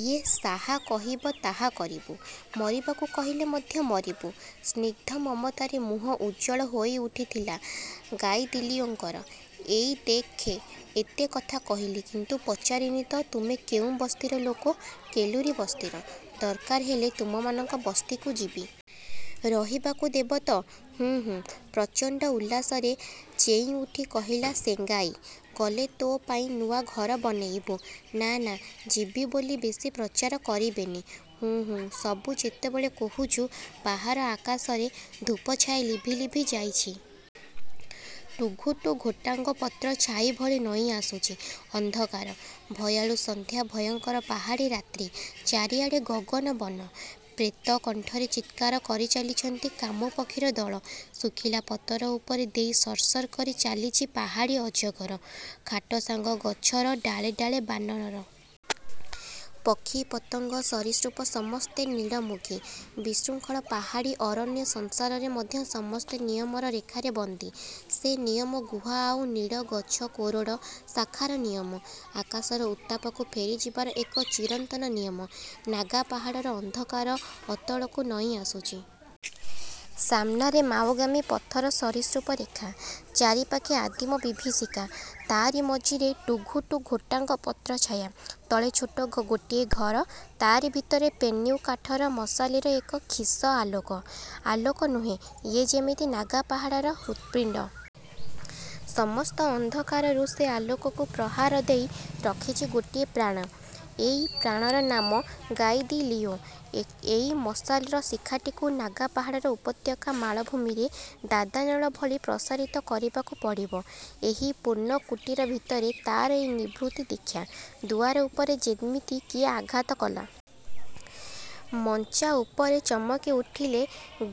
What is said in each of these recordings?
ଇୟେ ସାହା କହିବ ତା କରିବୁ। ମରିବାକୁ କହିଲେ ମଧ୍ୟ ମରିବୁ। ସ୍ନିଗ୍ଧ ମମତାରେ ମୁହଁ ଉଜ୍ଜ୍ୱଳ ହୋଉଠିଥିଲା ଗାଇଦିଲିଓଙ୍କର। ଏଇ ଦେଖ ଏତେ କଥା କହିଲି, କିନ୍ତୁ ପଚାରିନି ତ ତୁମେ କେଉଁ ବସ୍ତିର ଲୋକ। –କେଲୁରୀ ବସ୍ତିର। –ଦରକାର ହେଲେ ତୁମମାନଙ୍କ ବସ୍ତିକୁ ଯିବି। ରହିବାକୁ ଦେବ ତ। –''ହୁଁ ହୁଁ''। ପ୍ରଚଣ୍ଡ ଉଲ୍ଲାସରେ ଚେଇଁଉଠି କହିଲା ସେଙ୍ଗାଇ। ଗଲେ ତୋ ପାଇଁ ନୂଆ ଘର ବନେଇବୁ। –ନା, ନା, ଯିବି ବୋଲି ବେଶି ପ୍ରଚାର କରିବେନି। –ହୁଁ, ହୁଁ, ସବୁ ଯେତେବେଳେ କହୁଚୁ ବାହାର ଆକାଶଶରେ ଧୂପଛାୟା ଲିଭି ଲିଭି ଯାଇଚି। ଟୁଘୁଟୁ ଘୋଟାଙ୍ଗ ପତ୍ର ଛାଇ ଭଳି ନଇଁଆସୁଚି ଅନ୍ଧକାର। ଭୟାଳୁ ସନ୍ଧ୍ୟା ଭୟଙ୍କର ପାହାଡ଼ୀ ରାତ୍ରୀ। ଚାରିଆଡ଼େ ଗହନ ବନ। ପ୍ରେତକଣ୍ଠର ଚିତ୍କାର କରିଚାଲିଛନ୍ତି କାମୁ ପକ୍ଷୀର ଦଳ। ଶୁଖିଲା ପତର ଉପର ଦେଇ ସର୍ ସର୍ କରି ଚାଲିଚି ପାହାଡ଼ୀ ଅଜଗର। ଖାଟସାଙ୍ଗ ଗଛର ଡାଳେ ଡାଳେ ବାନରର ହୁଙ୍କାର। ପକ୍ଷୀ, ପତଙ୍ଗ, ସରୀସୃପ ସମସ୍ତେ ନୀଡ଼ମୁଖୀ। ବିଶୃଙ୍ଖଳ ପାହାଡ଼ୀ ଅରଣ୍ୟସଂସାରେ ମଧ୍ୟ ସମସ୍ତେ ନିୟମର ରେଖାରେ ବନ୍ଦୀ। ସେ ନିୟମ ଗୁହା ଆଉ ନୀଡ଼, ଗଛର କୋରଡ, ଶାଖାର ନିୟମ। ଆକାଶର ଉତ୍ତାପକୁ ଫେରିଯିବାର ଏକ ଚିରନ୍ତନ ନିୟମ। ନାଗା ପାହାଡ଼ର ଅନ୍ଧକାର ଅତଳକୁ ନଇଁଆସୁଚି। ସାମନାରେ ମାଓଗାମୀ ପଥର ସରୀସୃପ ରେଖା। ଚାରିପାଖେ ଆଦିମ ବିଭୀଷିକା। ତା'ରି ମଝିରେ ଟୁଘୁଟୁ ଘୋଟାଙ୍ଗ ପତ୍ର ଛାୟା-। ତଳେ ଛୋଟ ଗୋଟିଏ ଘର। ତା'ରି ଭିତରେ ପେନ୍ୟୁ କାଠର ମଶାଲିର ଏକ କ୍ଷୀଶ ଆଲୋକ-। ଆଲୋକ ନୁହେଁ, ଇଏ ଯେମିତି ନାଗା ପାହାଡ଼ର ହୃତ୍ପିଣ୍ଡ। ସମସ୍ତ ଅନ୍ଧକାରରୁ ସେ ଆଲୋକକୁ ପ୍ରହରା ଦେଇ ରଖିଚି ଗୋଟିଏ ପ୍ରାଣ। ଏଇ ପ୍ରାଣର ନାମ ଗାଇଦିଲିଓ। ଏଇ ମଶାଲର ଶିଖାଟିକୁ ନାଗା ପାହାଡ଼ର ଉପତ୍ୟକା ମାଳଭୂମିରେ ଦାବାନଳ ଭଳି ପ୍ରସାରିତ କରିବାକୁ ପଡ଼ିବ-। ଏହି ପର୍ଣ୍ଣକୁଟୀର ଭିତରେ ତା'ର ଏଇ ନିଭୃତି ଦୀକ୍ଷା। ଦୁଆର ଉପରେ ଯେମିତି କିଏ ଆଘାତ କଲା। ମଞ୍ଚାଉପରେ ଚମକି ଉଠିଲେ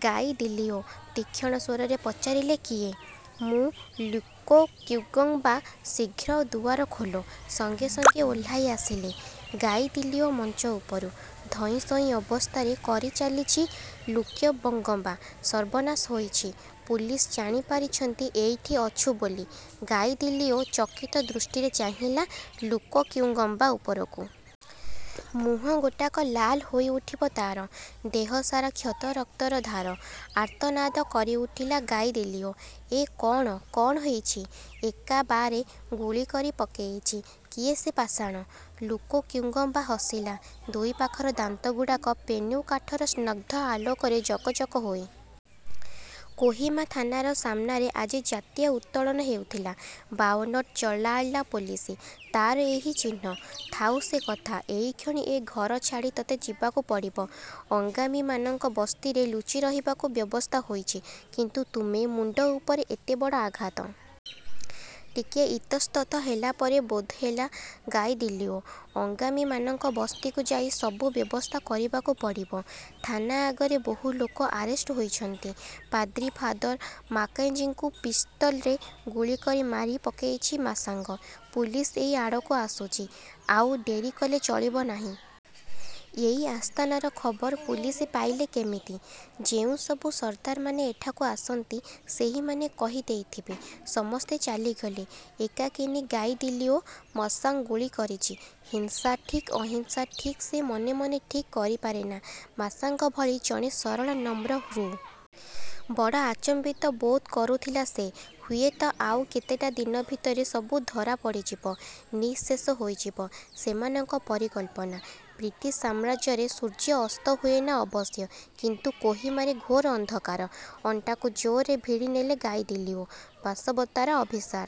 ଗାଇଦିଲିଓ। ତୀକ୍ଷଣ ସ୍ୱରରେ ପଚାରିଲେ, କିଏ? ମୁଁ ଲୁକୋକ୍ୟୁଙ୍ଗବା। ଶୀଘ୍ର ଦୁଆର ଖୋଲା। ସଙ୍ଗେ ସଙ୍ଗେ ଓହ୍ଲାଇ ଆସିଲେ ଗାଇଦିଲିଓ ମଞ୍ଚା ଉପରୁ। ଧଇଁ ସଇଁ ଅବସ୍ଥାରେ କରିଚାଲିଚି ଲୁକ୍ୟୋବଙ୍ଗବା। ସର୍ବନାଶ ହୋଇଚି। ପୁଲିସ୍ ଜାଣିପାରିଚନ୍ତି ଏଇଠି ଅଛୁ ବୋଲି। ଗାଇଦିଲିଓ ଚକିତ ଦୃଷ୍ଟିରେ ଚାହିଁଲା ଲୁକୋକ୍ୟୁଙ୍ଗବା ଉପରକୁ। ମୁହଁ ଗୋଟାକ ଲାଲ ହୋଇଉଠିବ ତାର। ଦେହ। ସାରା କ୍ଷତ ରକ୍ତର ଧାର। ଆର୍ତ୍ତନାଦ କରିଉଠିଲା ଗାଇଦିଲିଓ। ଏ କ'ଣ, କ'ଣ ହେଇଚି? ଏକାବାରେ ଗୁଳିକରି ପକେଇଚି। କିଏ ସେ ପାଷାଣ? ଲୁକୋକ୍ୟୁଙ୍ଗବା ହସିଲା। ଦୁଇ ପାଖର ଦାନ୍ତଗୁଡ଼ାକ ପେନ୍ୟୁ କାଠର ସ୍ନଗ୍ଧ ଆଲୋକରେ ଜକ ଜକ ହୋଇ ଉଠୁଥାଏ। କୋହିମା ଥାନାର ସାମନାରେ ଆଜି ଜାତୀୟ ଉତ୍ତୋଳନ ହେଉଥିଲା। ବାଓନଟ ଚଳାଇଲା ପୋଲିସ। ତାର ଏହି ଚିହ୍ନ। ଥାଉ ସେ କଥା। ଏଇକ୍ଷଣି ଏ ଘର ଛାଡ଼ି ତତେ ଯିବାକୁ ପଡ଼ିବ। ଅଙ୍ଗାମିମାନଙ୍କ ବସ୍ତିରେ ଲୁଚିରହିବାକୁ ବ୍ୟବସ୍ଥା ହୋଇଚି। –କିନ୍ତୁ ତୁମେ ମୁଣ୍ଡ ଉପରେ ଏତେବଡ଼ ଆଘାତ! ଟିକିଏ ଇତସ୍ତତଃ ହେଲା ପରି ବୋଧହେଲା ଗାଇଦିଲିଓ। –ଅଙ୍ଗାମିମାନଙ୍କ ବସ୍ତିକୁ ଯାଇ ସବୁ ବ୍ୟବସ୍ଥା କରିବାକୁ ପଡ଼ିବ। ଥାନା ଆଗରେ ବହୁ ଲୋକ ଆରେଷ୍ଟ ହୋଇଛନ୍ତି। ପାଦ୍ରୀ ଫାଦର ମାକେଞ୍ଜିଙ୍କୁ ପିସ୍ତଲରେ ଗୁଳି କରି ମାରି ପକେଇଚି ମାଶାଙ୍ଗ। ପୁଲିସ ଏଇ ଆଡ଼କୁ ଆସୁଚି। ଆଉ ଡ଼େରି କଲେ ଚଳିବ ନାହିଁ। –ଏଇ ଆସ୍ଥାନର ଖବର ପୁଲିସ ପାଇଲେ କିମିତି? –ଯେଉଁସବୁ ସର୍ଦ୍ଦାରମାନେ ଏଠାକୁ ଆସନ୍ତି, ସେହିମାନେ କହି ଦେଇଥିବେ। ସମସ୍ତେ ଚାଲିଗଲେ। ଏକାକିନୀ ଗାଇଦିଲିଓ। ମାଶାଙ୍ଗ ଗୁଳି କରିଚି! ହିଂସା ଠିକ୍ ଅହିଂସା ଠିକ୍ ସେ ମନେ ମନେ ଠିକ୍ କରିପାରେନା। ମାଶାଙ୍ଗ ଭଳି ଜଣେ ସରଳ ନମ୍ର ହୃଦୟରେ ହିଂସା! ବଡ଼ ଆଚମ୍ୱିତ ବୋଧ କରୁଥିଲା ସେ। ହୁଏତ ଆଉ କେତେଟା ଦିନ ଭିତରେ ସବୁ ଧାରା ପଡ଼ିଯିବ, ନିଃଶେଷ ହୋଇଯିବ। ସେମାନଙ୍କ ପରିକଳ୍ପନା। ବ୍ରିଟିଶ-ସାମ୍ରାଜ୍ୟରେ ସୂର୍ଯ୍ୟ ଅସ୍ତ ହୁଏନା ଅବଶ୍ୟ; କିନ୍ତୁ କୋହିମାରେ ଘୋର ଅନ୍ଧକାର-। ଅଣ୍ଟାକୁ ଜୋରରେ ଭିଡ଼ି ନେଲେ ଗାଇଦିଲିଓ! ବାସବଦତ୍ତାର ଅଭିସାର ଏ ନୁହେଁ। ଏ ହେଉଚି ଏକ ନାଗା ରମଣୀର ବିପ୍ଳବ ସାଧନା।